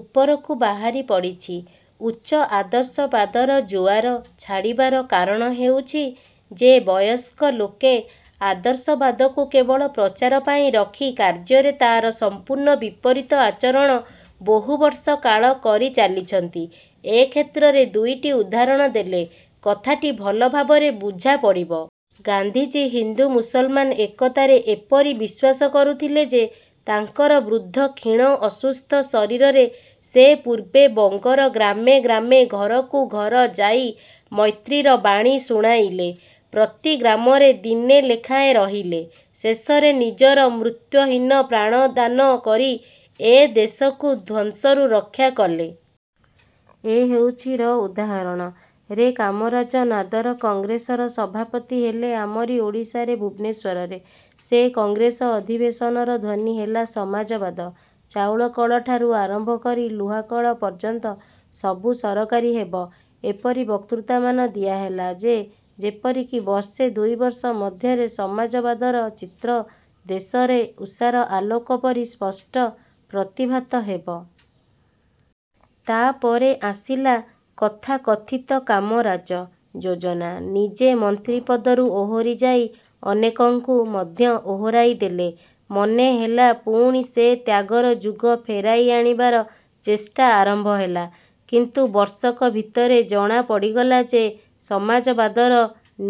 ଉପରକୁ ବାହାରି ପଡ଼ିଛି। ଉଚ୍ଚ ଆଦର୍ଶବାଦର ଜୁଆର ଛାଡ଼ିବାର କାରଣ ହେଉଛି ଯେ ବୟସ୍କ ଲୋକେ ଆଦର୍ଶବାଦକୁ କେବଳ ପ୍ରଚାର ପାଇଁ ରଖି କାର୍ଯ୍ୟରେ ତା'ର ସମ୍ପୂର୍ଣ୍ଣ ବିପରୀତ ଆଚରଣ ବହୁବର୍ଷ କାଳ କରି ଚାଲିଛନ୍ତି। ଏ କ୍ଷେତ୍ରରେ ଦୁଇଟି ଉଦାହରଣ ଦେଲେ କଥାଟି ଭଲ ଭାବରେ ବୁଝାପଡ଼ିବ। ଗାନ୍ଧିଜୀ ହିନ୍ଦୁ-ମୁସଲମାନ ଏକତାରେ ଏପରି ବିଶ୍ୱାସ କରୁଥିଲେ ଯେ ତାଙ୍କର ବୃଦ୍ଧ କ୍ଷୀଣ ଅସୁସ୍ଥ ଶରୀରରେ ସେ ପୂର୍ବେ ବଙ୍ଗର ଗ୍ରାମେ ଗ୍ରାମେ ଘରକୁ ଘର ଯାଇ ମୈତ୍ରୀର ବାଣୀ ଶୁଣାଇଲେ। ପ୍ରତି ଗ୍ରାମରେ ଦିନେ ଲେଖାଏଁ ରହିଲେ। ଶେଷରେ ନିଜର ମୃତ୍ୟୁହୀନ ପ୍ରାଣଦାନ କରି ଏ ଦେଶକୁ ଧ୍ୱଂସରୁ ରକ୍ଷାକଲେ। ଏ ହେଉଛି ର ଉଦାହରଣ। ରେ କାମରାଜ ନାଦର କଂଗ୍ରେସର ସଭାପତି ହେଲେ ଆମରି ଓଡ଼ିଶାରେ ଭୁବନେଶ୍ୱରରେ। ସେ କଂଗ୍ରେସ ଅଧିବେଶନର ଧ୍ୱନି ହେଲା 'ସମାଜବାଦ' ଚାଉଳ କଳଠାରୁ ଆରମ୍ଭ କରି ଲୁହାକଳ ପର୍ଯ୍ୟନ୍ତ ସବୁ ସରକାରୀ ହେବ। ଏପରି ବକ୍ତୃତାମାନ ଦିଆହେଲା ଯେ ଯେପରିକି ବର୍ଷେ ଦୁଇବର୍ଷ ମଧ୍ୟରେ ସମାଜବାଦର ଚିତ୍ର ଦେଶରେ ଉଷାର ଆଲୋକ ପରି ସ୍ପଷ୍ଟ ପ୍ରତିଭାତ ହେବ। ତା'ପରେ ଆସିଲା ତଥାକଥିତ କାମରାଜ ଯୋଜନା। ନିଜେ ମନ୍ତ୍ରୀ ପଦରୁ ଓହରି ଯାଇ ଅନେକଙ୍କୁ ମଧ୍ୟ ଓହରାଇ ଦେଲେ। ମନେହେଲା ପୁଣି ସେ ତ୍ୟାଗର ଯୁଗ ଫେରାଇ ଆଣିବାର ଚେଷ୍ଟା ଆରମ୍ଭ ହେଲା; କିନ୍ତୁ ବର୍ଷକ ଭିତରେ ଜଣା ପଡ଼ିଗଲା ଯେ ସମାଜବାଦର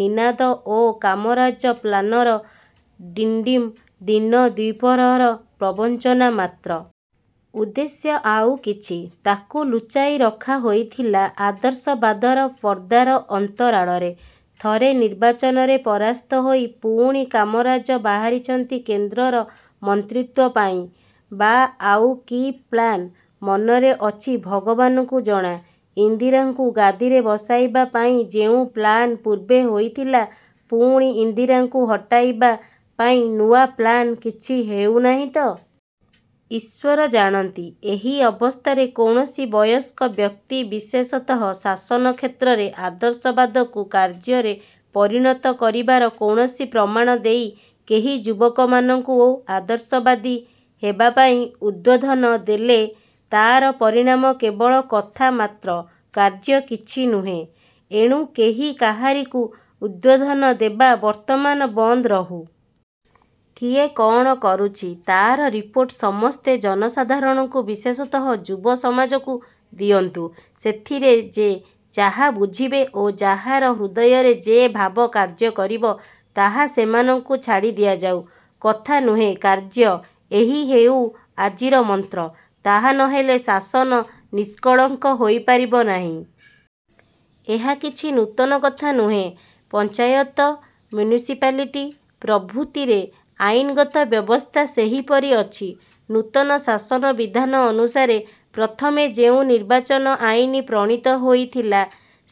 ନିନାଦ ଓ କାମରାଜ ପ୍ଲାନର ଡିଣ୍ଡିମ ଦିନ ଦ୍ୱିପ୍ରହରର ପ୍ରବଞ୍ଚନା ମାତ୍ର। ଉଦ୍ଦେଶ୍ୟ ଆଉ କିଛି, ତାକୁ ଲୁଚାଇ ରଖାହୋଇଥିଲା ଆଦର୍ଶବାଦର ପର୍ଦ୍ଦାର ଅନ୍ତରାଳରେ। ଥରେ ନିର୍ବାଚନରେ ପରାସ୍ତ ହୋଇ ପୁଣି କାମରାଜ ବାହାରିଛନ୍ତି କେନ୍ଦ୍ରର ମନ୍ତ୍ରିତ୍ୱପାଇଁ ବା ଆଉ କି 'ପ୍ଳାନ' ମନରେ ଅଛି ଭଗବାନଙ୍କୁ ଜଣା। ଇନ୍ଦିରାଙ୍କୁ ଗାଦିରେ ବସାଇବା ପାଇଁ ଯେଉଁ ପ୍ଲାନ ପୂର୍ବେ ହୋଇଥିଲା, ପୁଣି ଇନ୍ଦିରାଙ୍କୁ ହଟାଇବା ପାଇଁନୂଆ ପ୍ଲାନ କିଛି ହେଉ ନାହିଁ ତ? ଈଶ୍ୱର ଜାଣନ୍ତି। ଏହି ଅବସ୍ଥାରେ କୌଣସି ବୟସ୍କ ବ୍ୟକ୍ତି, ବିଶେଷତଃ ଶାସନ କ୍ଷେତ୍ରରେ ଆଦର୍ଶବାଦକୁ କାର୍ଯ୍ୟରେ ପରିଣତ କରିବାର କୌଣସି ପ୍ରମାଣ ଦେଇ କେହି ଯୁବକମାନଙ୍କୁ ଆଦର୍ଶବାଦୀ ହେବାପାଇଁ ଉଦ୍ବୋଧନ ଦେଲେ ତା'ର ପରିଣାମ କେବଳ କଥା ମାତ୍ର କାର୍ଯ୍ୟ କିଛି ନୁହେଁ। ଏଣୁ କେହି କାହାରିକୁ ଉଦ୍ବୋଧନ ଦେବା ବର୍ତ୍ତମାନ ବନ୍ଦ ରହୁ। କିଏ କଅଣ କରୁଛି ତା'ର ରିପୋର୍ଟ ସମସ୍ତେ ଜନସାଧାରଣଙ୍କୁ ବିଶେଷତଃ ଯୁବ-ସମାଜକୁ ଦିଅନ୍ତୁ। ସେଥିରେ ଯେ ଯାହା ବୁଝିବେ ଓ ଯାହାର ହୃଦୟରେ ଯେ ଭାବ କାର୍ଯ୍ୟ କରିବ, ତାହା ସେମାନଙ୍କୁ ଛାଡ଼ି ଦିଆଯାଉ। କଥା ନୁହେଁ କାର୍ଯ୍ୟ- ଏହି ହେଉ ଆଜିର ମନ୍ତ୍ର। ତାହା ନହେଲେ ଶାସନ ନିଷ୍କଳଙ୍କ ହୋଇପାରିବ ନାହିଁ। ଏହା କିଛି ନୂତନ କଥା ନୁହେଁ। ପଞ୍ଚାୟତ ମ୍ୟୁନିସିପାଲଟି ପ୍ରଭୃତିରେ ଆଇନଗତ ବ୍ୟବସ୍ଥା ସେହିପରି ଅଛି। ନୂତନ ଶାସନ ବିଧାନ ଅନୁସାରେ ପ୍ରଥମେ ଯେଉଁ ନିର୍ବାଚନ-ଆଇନ ପ୍ରଣୀତ ହୋଇଥିଲା,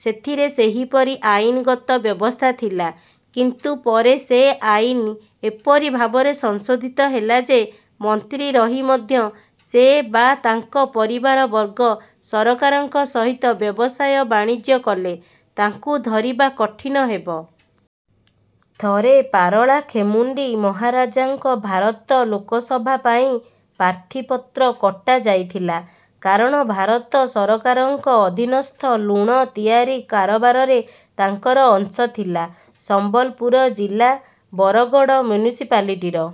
ସେଥିରେ ସେହିପରି ଆଇନଗତ ବ୍ୟବସ୍ଥା ଥିଲା; କିନ୍ତୁ ପରେ ସେ ଆଇନ ଏପରି ଭାବରେ ସଂଶୋଧିତ ହେଲା ଯେ ମନ୍ତ୍ରୀ ରହି ମଧ୍ୟ ସେ ବା ତାଙ୍କ ପରିବାରବର୍ଗ ସରକାରଙ୍କ ସହିତ ବ୍ୟବସାୟ ବାଣିଜ୍ୟ କଲେ, ତାଙ୍କୁ ଧରିବା କଠିନ ହେବ। ଥରେ ପାରଳାଖେମୁଣ୍ଡି ମହାରାଜାଙ୍କ ଭାରତ ଲୋକସଭା ପାଇଁ ପ୍ରାର୍ଥୀପତ୍ର କଟାଯାଇଥିଲା; କାରଣ ଭାରତ ସରକାରଙ୍କ ଅଧୀନସ୍ଥ ଲୁଣ ତିଆରି କାରବାରରେ ତାଙ୍କର ଅଂଶ ଥିଲା। ସମ୍ବଲପୁର ଜିଲା ବରଗଡ଼ ମ୍ୟୁନିସିପାଲିଟିର